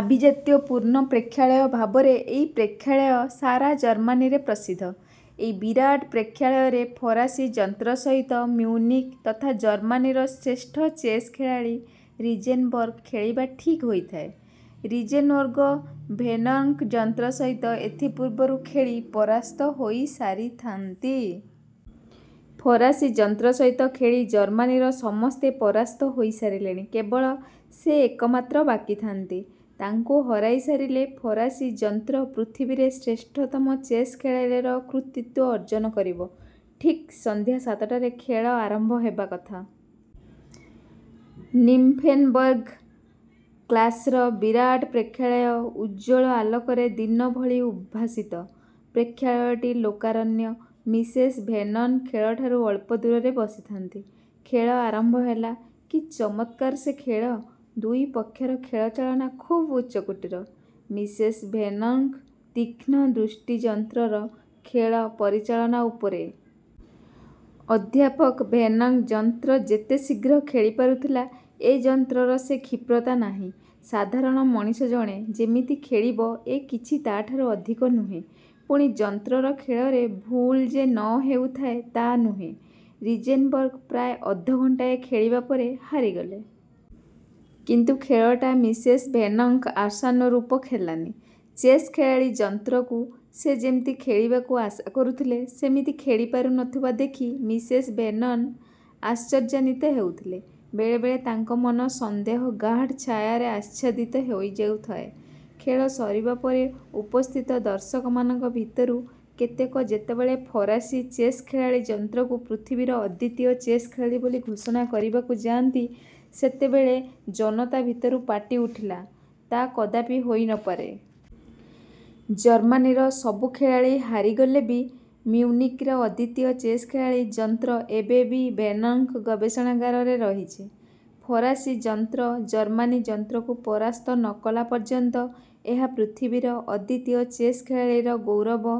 ଆଭିଜାତ୍ୟପୂର୍ଣ୍ଣ ପ୍ରେକ୍ଷାଳୟ ଭାବରେ ଏହି ପ୍ରେକ୍ଷାଳୟ ସାରା ଜର୍ମାନୀରେ ପ୍ରସିଦ୍ଧ। ଏହି ବିରାଟ ପ୍ରେକ୍ଷାଳୟରେ ଫରାସୀ ଯନ୍ତ୍ର ସହିତ ମିଉନିକ୍ ତଥା ଜର୍ମାନୀର ଶ୍ରେଷ୍ଠ ଚେସ୍ ଖେଳାଳୀ ରିଜେନବର୍ଗ ଖେଳିବା ଠିକ୍ ହୋଇଥାଏ। ରିଜେନ୍ବର୍ଗ ଭେର୍ନନ୍ଙ୍କ ଯନ୍ତ୍ର ସହିତ ଏଥି ପୂର୍ବରୁ ଖେଳି ପରାସ୍ତ ହୋଇ ସାରିଥାନ୍ତି। ଫରାସୀ ଯନ୍ତ୍ର ସହିତ ଖେଳି ଜର୍ମାନୀର ସମସ୍ତେ ପରାସ୍ତ ହୋଇ ସାରିଲେଣି, କେବଳ ସେ ଏକମାତ୍ର ବାକି ଥାନ୍ତି। ତାଙ୍କୁ ହରାଇ ସାରିଲେ ଫରାସୀ ଯନ୍ତ୍ର ପୃଥିବୀରେ ଶ୍ରେଷ୍ଠତମ ଚେସ୍ ଖେଳାଳୀର କୃତିତ୍ୱ ଅର୍ଜନ କରିବ। ଠିକ୍ ସନ୍ଧ୍ୟା ସାତଟାରେ ଖେଳ ଆରମ୍ଭ ହେବା କଥା। ନିମଫେନବର୍ଗ କାସ୍ଲ୍ର ବିରାଟ ପ୍ରେକ୍ଷାଳୟ ଉଜ୍ଜ୍ୱଳ ଆଲୋକରେ ଦିନଭଳି ଉଦ୍ଭାସିତ। ପ୍ରେକ୍ଷାଳୟଟି ଲୋକାରଣ୍ୟ। ମିସେସ୍ ଭେର୍ନନ୍ ଖେଳଠାରୁ ଅଳ୍ପ ଦୂରରେ ବସିଥାନ୍ତି। ଖେଳ ଆରମ୍ଭ ହେଲା। କି ଚମତ୍କାର ସେ ଖେଳ! ଦୁଇ ପକ୍ଷର ଖେଳ ଚାଳନା ଖୁବ୍ ଉଚ୍ଚକୋଟୀର। ମିସେସ ଭେର୍ନନ୍ଙ୍କ ତୀକ୍ଷଣ ଦୃଷ୍ଟି ଯନ୍ତ୍ରର ଖେଳ ପରିଚାଳନା ଉପରେ। ଅଧ୍ୟାପକ ଭେର୍ନନ୍ଙ୍କ ଯନ୍ତ୍ର ଯେତେ ଶୀଘ୍ର ଖେଳିପାରୁ ଥିଲା, ଏ ଯନ୍ତ୍ରର ସେ କ୍ଷିପ୍ରତା ନାହିଁ। ସାଧାରଣ ମଣିଷ ଜଣେ ଯେମିତି ଖେଳିବ ଏ କିଛି ତା'ଠାରୁ ଅଧିକ ନୁହେଁ। ପୁଣି ଯନ୍ତ୍ରର ଖେଳରେ ଭୁଲ ଯେ ନ ହେଉଥାଏ ତା ନୁହେଁ। ରିଜେନବର୍ଗ ପ୍ରାୟ ଅଧଘଣ୍ଟାଏ ଖେଳିବା ପରେ ହାରିଗଲେ। କିନ୍ତୁ ଖେଳଟା ମିସେସ ଭେର୍ନନ୍ଙ୍କ ଆଶାନୁରୂପ ହେଲାନି। ଚେସ୍ ଖେଳାଳୀ ଯନ୍ତ୍ରକୁ ସେ ଯେମିତି ଖେଳିବାକୁ ଆଶା କରୁଥିଲେ, ସେମିତି ଖେଳିପାରୁ ନ ଥିବା ଦେଖି ମିସେସ ଭେର୍ନନ୍ ଆଶ୍ଚର୍ଯ୍ୟାନିତ ହେଉଥିଲେ। ବେଳେବେଳେ ତାଙ୍କ ମନ ସନ୍ଦେହ ଗାଢ଼ ଛାୟାରେ ଆଚ୍ଛାଦିତ ହୋଇଯାଉଥାଏ। ଖେଳ ସରିବା ପରେ ଉପସ୍ଥିତ ଦର୍ଶକମାନଙ୍କ ଭିତରୁ କେତେକ ଯେତେବେଳେ ଫରାସୀ ଚେସ୍ ଖେଳାଳୀ ଯନ୍ତ୍ରକୁ ପୃଥିବୀର ଅଦ୍ୱିତୀୟ ଚେସ୍ ଖେଳାଳୀ ବୋଲି ଘୋଷଣା କରିବାକୁ ଯାଆନ୍ତି, ସେତେବେଳେ ଜନତା ଭିତରୁ ପାଟି ଉଠିଲା, 'ତା କଦାପି ହୋଇ ନ ପାରେ। ଜର୍ମାନୀର ସବୁ ଖେଳାଳୀ ହାରିଗଲେ ବି ମିଉନିକର ଅଦ୍ୱିତୀୟ ଚେସ୍ ଖେଳାଳୀ ଯନ୍ତ୍ର ଏବେ ବି ଭେର୍ନନ୍ଙ୍କ ଗବେଷଣାଗାରରେ ରହିଛି। ଫରାସୀ ଯନ୍ତ୍ର ଜର୍ମାନୀ ଯନ୍ତ୍ରକୁ ପରାସ୍ତ ନ କଲା ପର୍ଯ୍ୟନ୍ତ ଏହା ପୃଥିବୀର ଅଦ୍ୱିତୀୟ ଚେସ୍ ଖେଳାଳୀର ଗୌରବ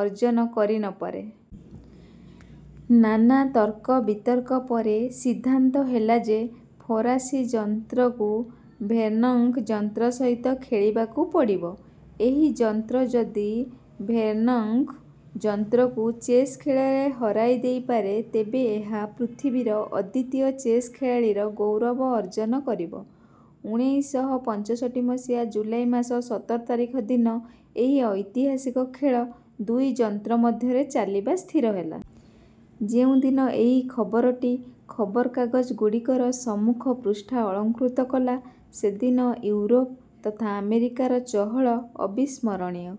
ଅର୍ଜନ କରି ନ ପାରେ। ନାନା ତର୍କବିତର୍କ ପରେ ସିଦ୍ଧାନ୍ତ ହେଲା ଯେ ଫରାସୀ ଯନ୍ତ୍ରକୁ ଭେର୍ନନ୍ଙ୍କ ଯନ୍ତ୍ର ସହିତ ଖେଳିବାକୁ ପଡ଼ିବ। ଏହି ଯନ୍ତ୍ର ଯଦି ଭେର୍ନନ୍ଙ୍କ ଯନ୍ତ୍ରକୁ ଚେସ୍ ଖେଳରେ ହରାଇ ଦେଇପାରେ, ତେବେ ଏହା ପୃଥିବୀର ଅଦ୍ୱିତୀୟ ଚେସ୍ ଖେଳାଳୀର ଗୌରବ ଅର୍ଜନ କରିବ। ଉଣେଇଶହ ପଞ୍ଚଷଠି ମସିହା ଜୁଲାଇ ମାସ ସତର ତାରିଖ ଦିନ ଏହି ଐତିହାସିକ ଖେଳ ଦୁଇ ଯନ୍ତ୍ର ମଧ୍ୟରେ ଚାଲିବା ସ୍ଥିର ହେଲା। ଯେଉଁ ଦିନ ଏହି ଖବରଟି ଖବରକାଗଜଗୁଡ଼ିକର ସମ୍ମୁଖ ପୃଷ୍ଠା ଅଳଙ୍କୃତ କଲା, ସେଦିନ ଇଉରୋପ ତଥା ଆମେରିକାର ଚହଳ ଅବିସ୍ମରଣୀୟ।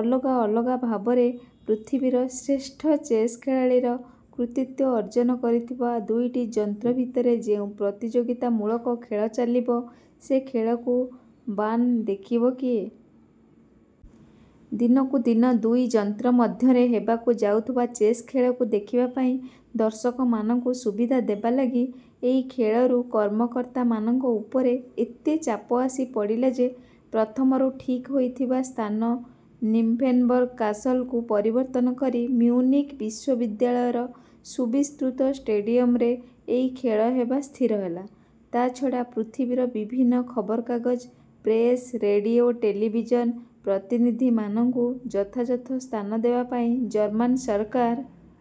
ଅଲଗା ଅଲଗା ଭାବରେ ପୃଥିବୀର ଶ୍ରେଷ୍ଠ ଚେସ୍ ଖେଳାଳୀର କୃତିତ୍ୱ ଅର୍ଜନ କରିଥିବା ଦୁଇଟି ଯନ୍ତ୍ର ଭିତରେ ଯେଉଁ ପ୍ରତିଯୋଗୀତାମୂଳକ ଖେଳ ଚାଲିବ, ସେ ଖେଳକୁ ବାନ ଦେଖିବ କିଏ? ଦିନକୁ ଦିନ ଦୁଇ ଯନ୍ତ୍ର ମଧ୍ୟରେ ହେବାକୁ ଯାଉଥିବା ଚେସ୍ ଖେଳକୁ ଦେଖିବା ପାଇଁ ଦର୍ଶକମାନଙ୍କୁ ସୁବିଧା ଦେବାଲାଗି ଏହି ଖେଳରୁ କର୍ମକର୍ତ୍ତାମାନଙ୍କ ଉପରେ ଏତେ ଚାପ ଆସି ପଡ଼ିଲା ଯେ ପ୍ରଥମରୁ ଠିକ୍ ହୋଇଥିବା ସ୍ଥାନ ନିମଫେନବର୍ଗ କାସଲକୁ ପରିବର୍ତ୍ତନ କରି ମିଉନିକ୍ ବିଶ୍ୱବିଦ୍ୟାଳୟର ସୁବିସ୍ତୃତ ଷ୍ଟେଡିୟମରେ ଏହି ଖେଳ ହେବା ସ୍ଥିର ହେଲା ତା ଛଡ଼ା ପୃଥିବୀର ବିଭିନ୍ନ ଖବରକାଗଜ, ପ୍ରେସ, ରେଡିଓ, ଟେଲଭିଜନ ପ୍ରତିନିଧିମାନଙ୍କୁ ଯଥାଯଥ ସ୍ଥାନ ଦେବା ପାଇଁ ଜର୍ମାନ ସରକାର.